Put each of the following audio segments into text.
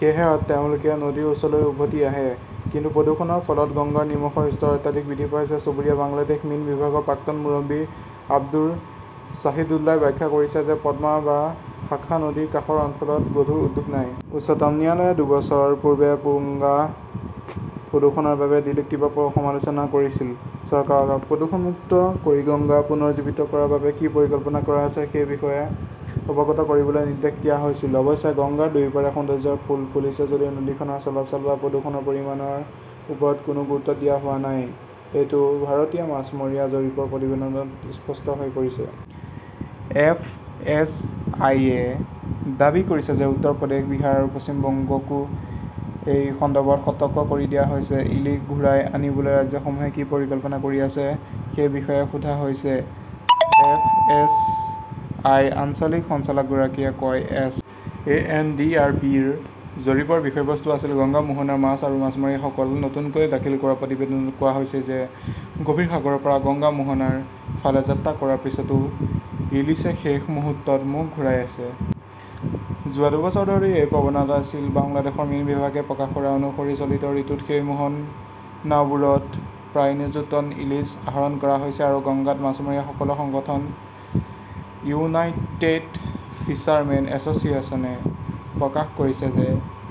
সেয়েহে তেওঁলোকে নদীৰ ওচৰলৈ উভতি আহে। কিন্তু প্ৰদূষণৰ ফলত গংগাৰ নিমখৰ স্তৰ অত্যাধিক বৃদ্ধি পাইছে। চুবুৰীয়া বাংলাদেশৰ মীন বিভাগৰ প্ৰাক্তন মুৰব্বী আব্দুৰ শ্বাহিদুল্লাই ব্যাখ্যা কৰিছে যে পদ্মা বা শাখা নদীৰ কাষৰ অঞ্চলত গধুৰ উদ্যোগ নাই। উচ্চতম ন্যায়ালয়ে দুবছৰ পূৰ্বে গংগা প্ৰদূষণৰ বাবে দিল্লীক তীব্ৰ সমালোচনা কৰিছিল। চৰকাৰক প্ৰদূষণমুক্ত কৰি গংগা পুনৰুজ্জীৱিত কৰাৰ বাবে কি পৰিকল্পনা কৰা হৈছে সেই বিষয়ে অৱগত কৰিবলৈ নিৰ্দেশ দিয়া হৈছিল। অৱশ্যে, গংগাৰ দুয়োপাৰে সৌন্দৰ্য্যৰ ফুল ফুলিছে যদিও নদীখনৰ চলাচল বা প্ৰদূষণৰ পৰিমাণৰ ওপৰত কোনো গুৰুত্ব দিয়া হোৱা নাই, এইটো ভাৰতীয় মাছমৰীয়া জৰীপৰ প্ৰতিবেদনত স্পষ্ট হৈ পৰিছে। এফএছআইয়ে দাবী কৰিছে যে উত্তৰ প্ৰদেশ, বিহাৰ আৰু পশ্চিম বংগকো এই সন্দৰ্ভত সতৰ্ক কৰি দিয়া হৈছে। ইলিশ ঘূৰাই আনিবলৈ ৰাজ্যসমূহে কি পৰিকল্পনা কৰি আছে সেই বিষয়ে সোধা হৈছে, এফএছআইৰ আঞ্চলিক সঞ্চালকগৰাকীয়ে কয়। S. A. N. D. R. P. -ৰ জৰীপৰ বিষয়বস্তু আছিল গংগা মোহনাৰ মাছ আৰু মাছমৰীয়াসকল। নতুনকৈ দাখিল কৰা প্ৰতিবেদনত কোৱা হৈছে-গভীৰ সাগৰৰ পৰা গংগা মোহনাৰ ফালে যাত্ৰা কৰাৰ পিছতো ইলিছে শেষ মুহূৰ্তত মুখ ঘূৰাই আছে। যোৱা দুবছৰ ধৰি এই প্ৰৱণতা আছিল। বাংলাদেশৰ মীন বিভাগে প্ৰকাশ কৰা অনুসৰি চলিত ঋতুত সেই মোহনাবোৰত প্ৰায় নিযুত টন ইলিছ আহৰণ কৰা হৈছে। আৰু গংগাত? মাছমৰীয়াসকলৰ সংগঠন ইউনাইটেড ফিছাৰমেন এছ'চিয়েশ্যনে প্ৰকাশ কৰিছে যে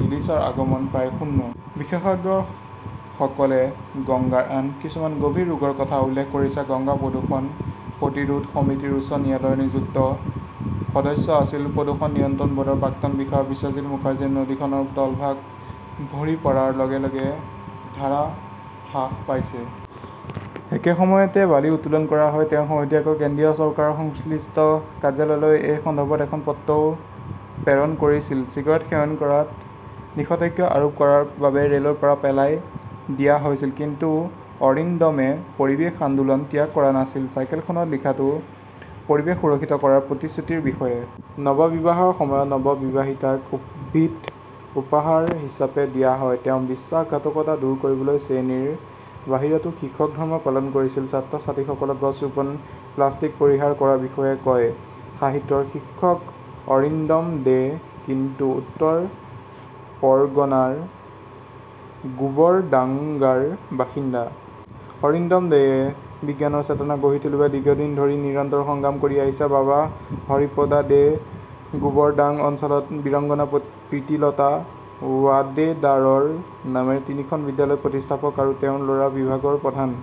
ইলিছৰ আগমন প্ৰায় শূন্য। বিশেষজ্ঞসকলে গংগাৰ আন কিছুমান গভীৰ ৰোগৰ কথা উল্লেখ কৰিছে। গংগা প্ৰদূষণ প্ৰতিৰোধ সমিতিৰ উচ্চ ন্যায়ালয়ৰ নিযুক্ত সদস্য আছিল প্ৰদূষণ নিয়ন্ত্ৰণ ব'ৰ্ডৰ প্ৰাক্তন বিষয়া বিশ্বজিত মুখাৰ্জী। নদীখনৰ তলভাগ ভৰি পৰাৰ লগে লগে ধাৰা হ্ৰাস পাইছে। একে সময়তে বালি উত্তোলন কৰা হয়। তেওঁ শেহতীয়াকৈ কেন্দ্ৰীয় চৰকাৰৰ সংশ্লিষ্ট কাৰ্যালয়লৈ এই সন্দৰ্ভত এখন পত্ৰও প্ৰেৰণ কৰিছিল। চিগাৰেট সেৱন কৰাত নিষেধাজ্ঞা আৰোপ কৰাৰ বাবে ৰেলৰ পৰা পেলাই দিয়া হৈছিল, কিন্তু অৰিন্দমে পৰিৱেশ আন্দোলন ত্যাগ কৰা নাছিল চাইকেলখনত লিখাটো, পৰিৱেশ সুৰক্ষিত কৰাৰ প্ৰতিশ্ৰুতিৰ বিষয়ে। নৱবিবাহৰ সময়ত নৱবিবাহিতাক উদ্ভিদ উপহাৰ হিচাপে দিয়া হয়। তেওঁ বিশ্বাসঘাতকতা দূৰ কৰিবলৈ শ্ৰেণীৰ বাহিৰতো শিক্ষক ধৰ্ম পালন কৰিছিল। ছাত্ৰ-ছাত্ৰীসকলক গছ ৰোপণ, প্লাষ্টিক পৰিহাৰ কৰাৰ বিষয়ে কয়। সাহিত্যৰ শিক্ষক অৰিন্দম দে, কিন্তু উত্তৰ পৰগনাৰ গোবৰডাংগাৰ বাসিন্দা। অৰিন্দম দেয়ে বিজ্ঞানৰ চেতনা গঢ়ি তুলিবলৈ দীৰ্ঘদিন ধৰি নিৰন্তৰ সংগ্ৰাম কৰি আহিছে। বাবা হৰিপদা দে গোবৰডাং অঞ্চলত বীৰঙ্গনা প্ৰীতিলতা ৱাডেদাৰৰ নামেৰে তিনিখন বিদ্যালয়ৰ প্ৰতিষ্ঠাপক আৰু তেওঁৰ ল'ৰা বিভাগৰ প্ৰধান।